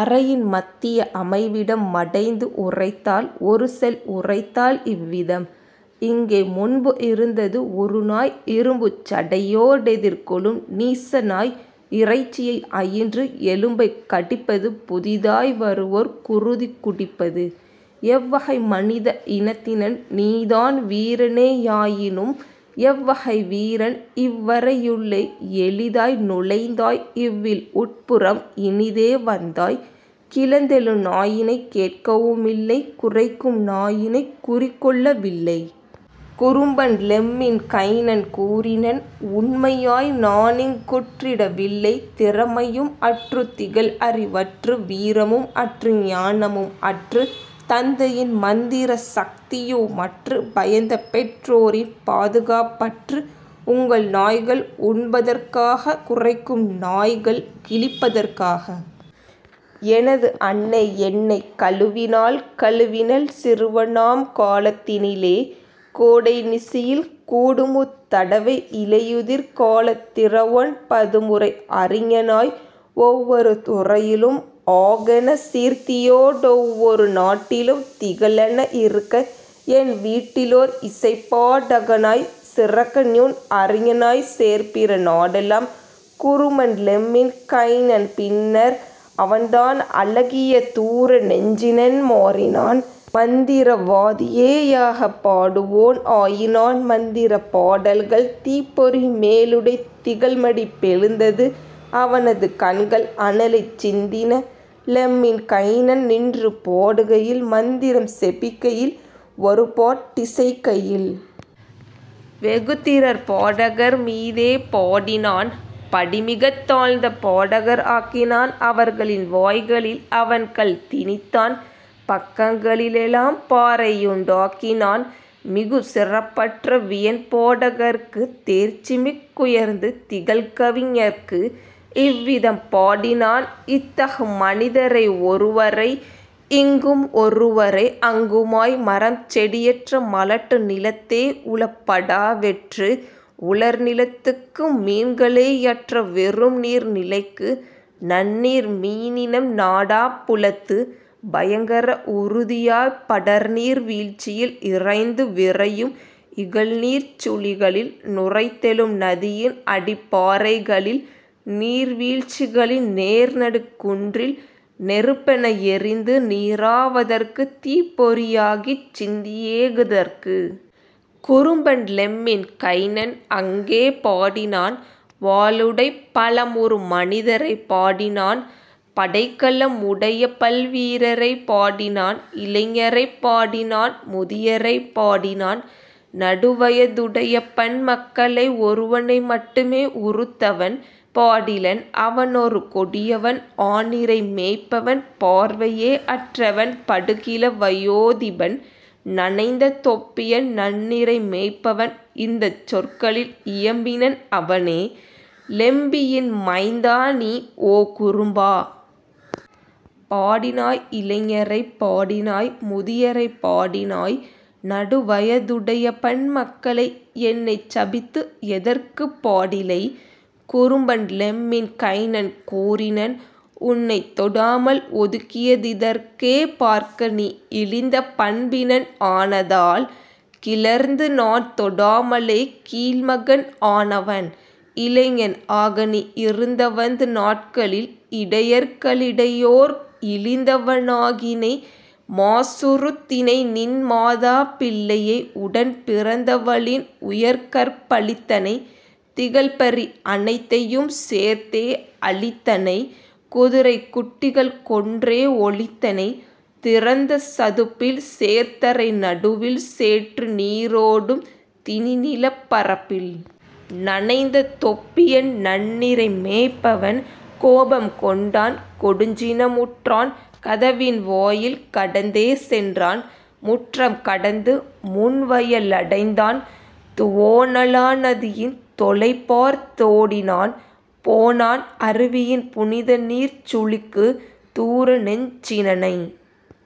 அறையின் மத்திய அமைவிடம் மடைந்து உரைத்தாள் ஒருசொல் உரைத்தாள் இவ்விதம்: "இங்கே முன்பு இருந்தது ஒருநாய் இரும்புச் சடையோ டெதிர்கொளும் நீசநாய் இறைச்சியை அயின்று எலும்பைக் கடிப்பது புதிதாய் வருவோர் குருதி குடிப்பது. எவ்வகை மனித இனத்தினன் நீதான் வீரனே யாயினும் எவ்வகை வீரன் இவ்வறை யுள்ளே எளிதாய் நுழைந்தாய் இவ்வில் உட்புறம் இனிதே வந்தாய் கிளர்ந்தெழு நாயுனைக் கேட்கவு மில்லை குரைக்கும் நாயுனைக் குறிகொள்ள வில்லை. " குறும்பன் லெம்மின் கைனன் கூறினன்: "உண்மையாய் நானிங் குற்றிட வில்லை திறமையும் அற்றுத் திகழ்அறி வற்று வீரமும் அற்று ஞானமும் அற்று தந்தையின் மந்திர சக்தியு மற்று பயந்தபெற் றோரின் பாதுகாப் பற்று உங்கள் நாய்கள் உண்பதற் காக குரைக்கும் நாய்கள் கிழிப்பதற் காக. எனது அன்னை என்னைக் கழுவினாள் கழுவினள் சிறுவனாம் காலத் தினிலே கோடை நிசியில் கூடுமுத் தடவை இலையுதிர் காலத் திரவொன் பதுமுறை அறிஞனாய் ஒவ்வொரு துறையிலும் ஆகென சீர்த்தியோ டொவ்வொரு நாட்டிலும் திகழென இருக்கஎன் வீட்டிலோர் இசைப்பா டகனாய் சிறக்கநுண் அறிஞனாய்ச் சேர்பிற நாடெலாம். " குறும்பன் லெம்மின் கைனன் பின்னர் அவன்தான் அழகிய தூர நெஞ்சினன் மாறினான் மந்திர வாதியே யாக பாடுவோன் ஆயினான் மந்திரப் பாடல்கள் தீப்பொறி மேலுடைத் திகழ்மடிப் பெழுந்தது அவனது கண்கள் அனலைச் சிந்தின லெம்மின் கைனன் நின்றுபா டுகையில் மந்திரம் செபிக்கையில் வருபாட் டிசைக்கையில். வெகுதிறற் பாடகர் மீதே பாடினான் படிமிகத் தாழ்ந்த பாடகர் ஆக்கினான் அவர்களின் வாய்களில் அவன்கல் திணித்தான் பக்கங் களிலெலாம் பாறையுண் டாக்கினான் மிகுசிறப் புற்ற வியன்பா டகற்கு தேர்ச்சிமிக் குயர்ந்து திகழ்கவி ஞர்க்கு. இவ்விதம் பாடினான் இத்தகு மனிதரை ஒருவரை இங்கும் ஒருவரை அங்குமாய் மரம் செடியற்ற மலட்டு நிலத்தே உழப் படாவெற்று உலர்நிலத் துக்கு மீன்களே யற்ற வெறும்நீர் நிலைக்கு நன்னீர் மீனினம் நாடாப் புலத்து பயங்கர உறுத்தியாப் படர்நீர் வீழ்ச்சியில் இரைந்து விரையும் இகல்நீர்ச் சுழிகளில் நுரைத்தெழும் நதியின் அடிப்பா றைகளில் நீர்வீழ்ச் சிகளின் நேர்நடுக் குன்றில் நெருப்பென எரிந்து நீறா வதற்கு தீப்பொறி யாகிச் சிந்தியே குதற்கு. குறும்பன் லெம்மின் கைனன் அங்கே பாடினான் வாளுடைப் பலமுறு மனிதரை பாடினான் படைக்கல முடையபல் வீரரை பாடினான் இளைஞரைப் பாடினான் முதியரை பாடினான் நடுவய துடையபன் மக்களை ஒருவனை மட்டுமே உருத்தவன் பாடிலன் அவனொரு கொடியவன் ஆநிரை மேய்ப்பவன் பார்வையே அற்றவன் படுகிழ வயோதிபன். நனைந்த தொப்பியன் நன்னிரை மேய்ப்பவன் இந்தச் சொற்களில் இயம்பினன் அவனே: "லெம்பியின் மைந்தா நீ, ஓ, குறும்பா! பாடினாய் இளைஞரைப் பாடினாய் முதியரை பாடினாய் நடுவய துடையபன் மக்களை என்னைச் சபித்து எதற்குப் பாடிலை? " குறும்பன் லெம்மின் கைனன் கூறினன்: "உன்னைத் தொடாமல் ஒதுக்கிய திதற்கே பார்க்கநீ இழிந்த பண்பினன் ஆனதால், கிளர்ந்துநான் தொடாமலே கீழ்மகன் ஆனவன்; இளைஞன் ஆகநீ இருந்தவந் நாட்களில் இடையர்க ளிடையோர் இழிந்தவ னாகினை மாசுறுத் தினைநின் மாதா பிள்ளையை உடன்பிறந் தவளின் உயர்கற் பழித்தனை திகழ்பரி அனைத்தையும் சேர்த்தே அழித்தனை குதிரைக் குட்டிகள் கொன்றே ஒழித்தனை திறந்த சதுப்பில் சேர்தரை நடுவில் சேற்று நீரோடும் திணிநிலப் பரப்பில். " நனைந்த தொப்பியன் நன்னிரை மேய்ப்பவன் கோபம் கொண்டான் கொடுஞ்சின முற்றான் கதவின் வாயில் கடந்தே சென்றான் முற்றம் கடந்து முன்வய லடைந்தான் துவோனலா நதியின் தொலைபார்த் தோடினான் போனான் அருவியின் புனிதநீர்ச் சுழிக்கு தூரநெஞ் சினனை